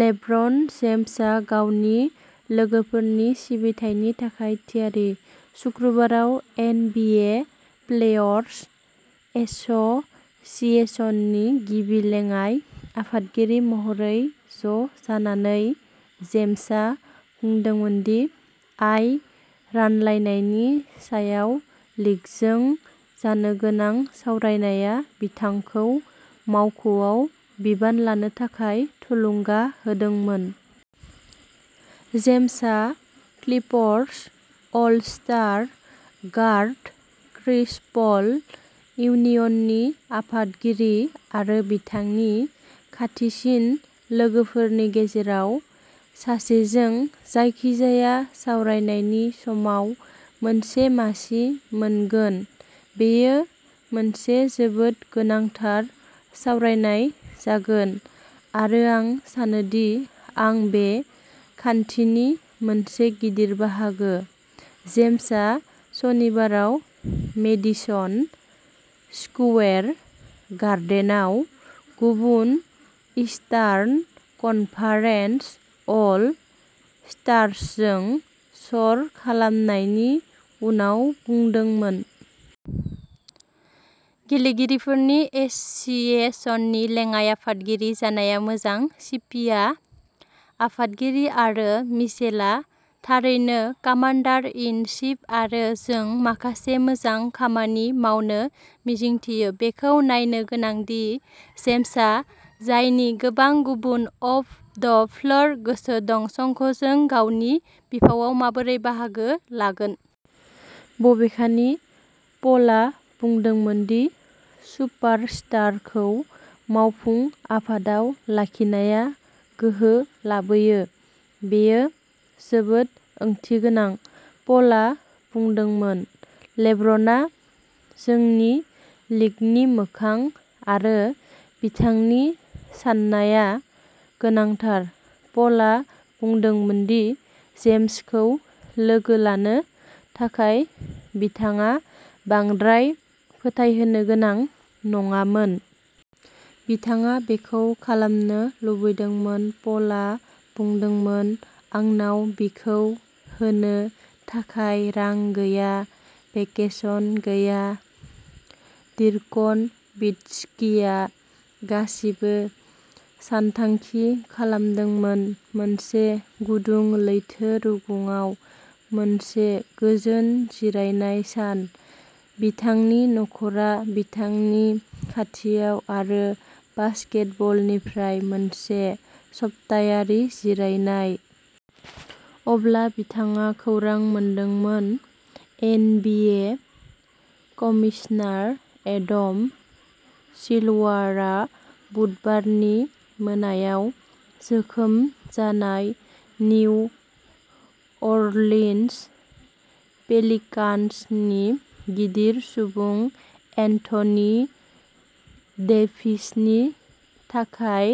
LeBron जेम्सआ गावनि लोगोफोरनि सिबिथायनि थाखाय थियारि। सुक्रुबाराव एन. बि. ए. प्लेयर्स एस'सिएशननि गिबि लेङाइ आफादगिरि महरै ज' जानानै, जेम्सआ बुंदोंमोन दि आय रानलायनायनि सायाव लीगजों जानो गोनां सावरायनाया बिथांखौ मावख'आव बिबान लानो थाखाय थुलुंगा होदोंमोन। जेम्सहा Clippers all star guard Chris Paul, इउनियननि आफादगिरि आरो बिथांनि खाथिसिन लोगोफोरनि गेजेराव सासेजों जायखिजाया सावरायनायनि समाव मोनसे मासि मोनगोन। "बेयो मोनसे जोबोद गोनांथार सावरायनाय जागोन, आरो आं सानोदि आं बे खान्थिनि मोनसे गिदिर बाहागो", जेम्सआ सनिबाराव मेडिसन स्कुवेर गार्डेनआव गुबुन इस्टार्न कनफारेन्स अल स्टार्सजों सर' खालामनायनि उनाव बुंदोंमोन। "गेलेगिरिफोरनि एस'सिएशननि लेङाइ आफादगिरि जानाया मोजां, सिपिआ आफादगिरि आरो मिशेलआ थारैनो कामान्डार इन चीफ, आरो जों माखासे मोजां खामानि मावनो मिजिंथियो। "बेखौ नायनो गोनां दि जेम्सआ, जायनि गोबां गुबुन अफ द फ्लोर गोसो दं, संघजों गावनि बिफावआव माबोरै बाहागो लागोन। बबेखानि, प'लआ बुंदोंमोन दि सुपारस्टारखौ मावफुं आफादाव लाखिनाया गोहो लाबोयो।" बेयो जोबोद ओंथिगोनां ", प'लआ बुंदोंमोन।" लेब्रनआ जोंनि लीगनि मोखां आरो बिथांनि साननाया गोनांथार। "प'लआ बुंदोंमोन दि जेम्सखौ लोगो लानो थाखाय बिथाङा बांद्राय फोथायहोनो गोनां नङामोन। बिथाङा बेखौ खालामनो लुबैदोंमोन", प'लआ बुंदोंमोन। "आंनाव बिखौ होनो थाखाय रां गैया।" भेकेशन गैया, डिर्क न'विट्ज्कीआ गासिबो सानथांखि खालामदोंमोन मोनसे गुदुं लैथो रुगुंआव मोनसे गोजोन जिरायनाय सान, बिथांनि न'खरा बिथांनि खाथियाव आरो बास्केटबलनिफ्राय मोनसे सप्तायारि जिरायनाय। अब्ला बिथाङा खौरां मोनदोंमोन। N. B. A. Commissioner Adam सिल्वारा बुधबारनि मोनायाव जोखोम जानाय निउ अरलिन्स पेलिकान्सनि गिदिर सुबुं एन्थनी डेभिसनि थाखाय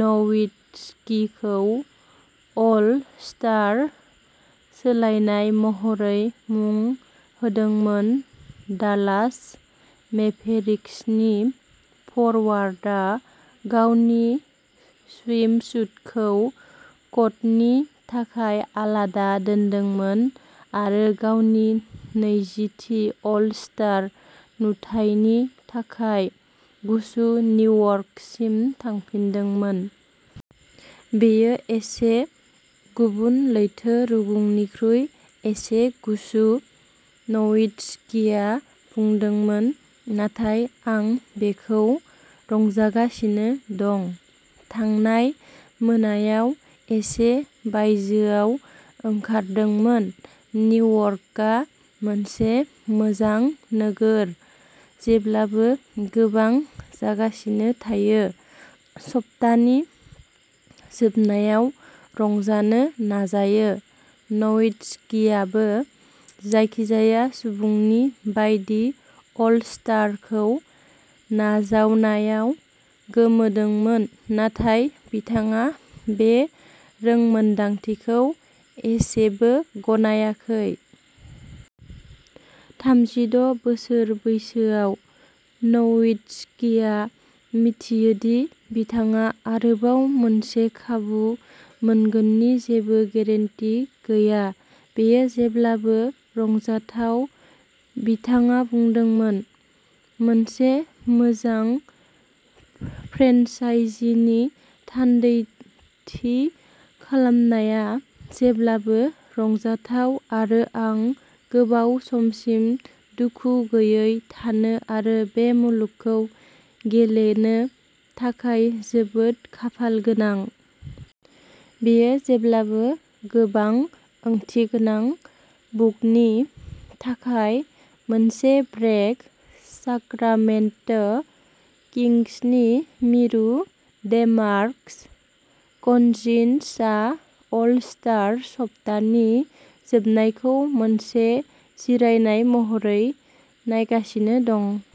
न'विट्ज्कीखौ अल स्टार सोलायनाय महरै मुं होदोंमोन। डालास मेभेरिक्सनि फरवार्डआ गावनि स्विमसूटखौ क'टनि थाखाय आलादा दोनदोंमोन आरो गावनि नैजिथि अल स्टार नुथायनि थाखाय गुसु निउयर्कसिम थांफिनदोंमोन। "बेयो एसे गुबुन, लैथो रुगुंनिख्रुइ एसे गुसु", न'विट्ज्किआ बुंदोंमोन। "नाथाय आं बेखौ रंजागासिनो दं। थांनाय मोनायाव एसे बायजोआव ओंखारदोंमोन। निउयर्कआ मोनसे मोजां नोगोर। जेब्लाबो गोबां जागासिनो थायो। सप्तानि जोबनायाव रंजानो नाजायो।" न'विट्ज्किआबो जायखिजाया सुबुंनि बायदि अल स्टारखौ नाजावनायाव गोमोदोंमोन, नाथाय बिथाङा बे रोंमोनदांथिखौ एसेबो गनायाखै। थामजि द' बोसोर बैसोआव, न'विट्ज्किआ मिन्थियो दि बिथाङा आरोबाव मोनसे खाबु मोनगोननि जेबो गेरेन्टि गैया। "बेयो जेब्लाबो रंजाथाव", बिथाङा बुंदोंमोन। "मोनसे मोजां फ्रेन्चाइजीनि थान्दैथि खालामनाया जेब्लाबो रंजाथाव आरो आं गोबाव समसिम दुखु गैयै थानो आरो बे मुलुगखौ गेलेनो थाखाय जोबोद खाफालगोनां। बेयो जेब्लाबो गोबां ओंथि गोनां।" बुकनि थाखाय मोनसे ब्रेक, साक्रामेन्टो किंग्सनि मिरु डेमार्कास कजिन्सआ अल स्टार सप्तानि जोबनायखौ मोनसे जिरायनाय महरै नायगासिनो दं।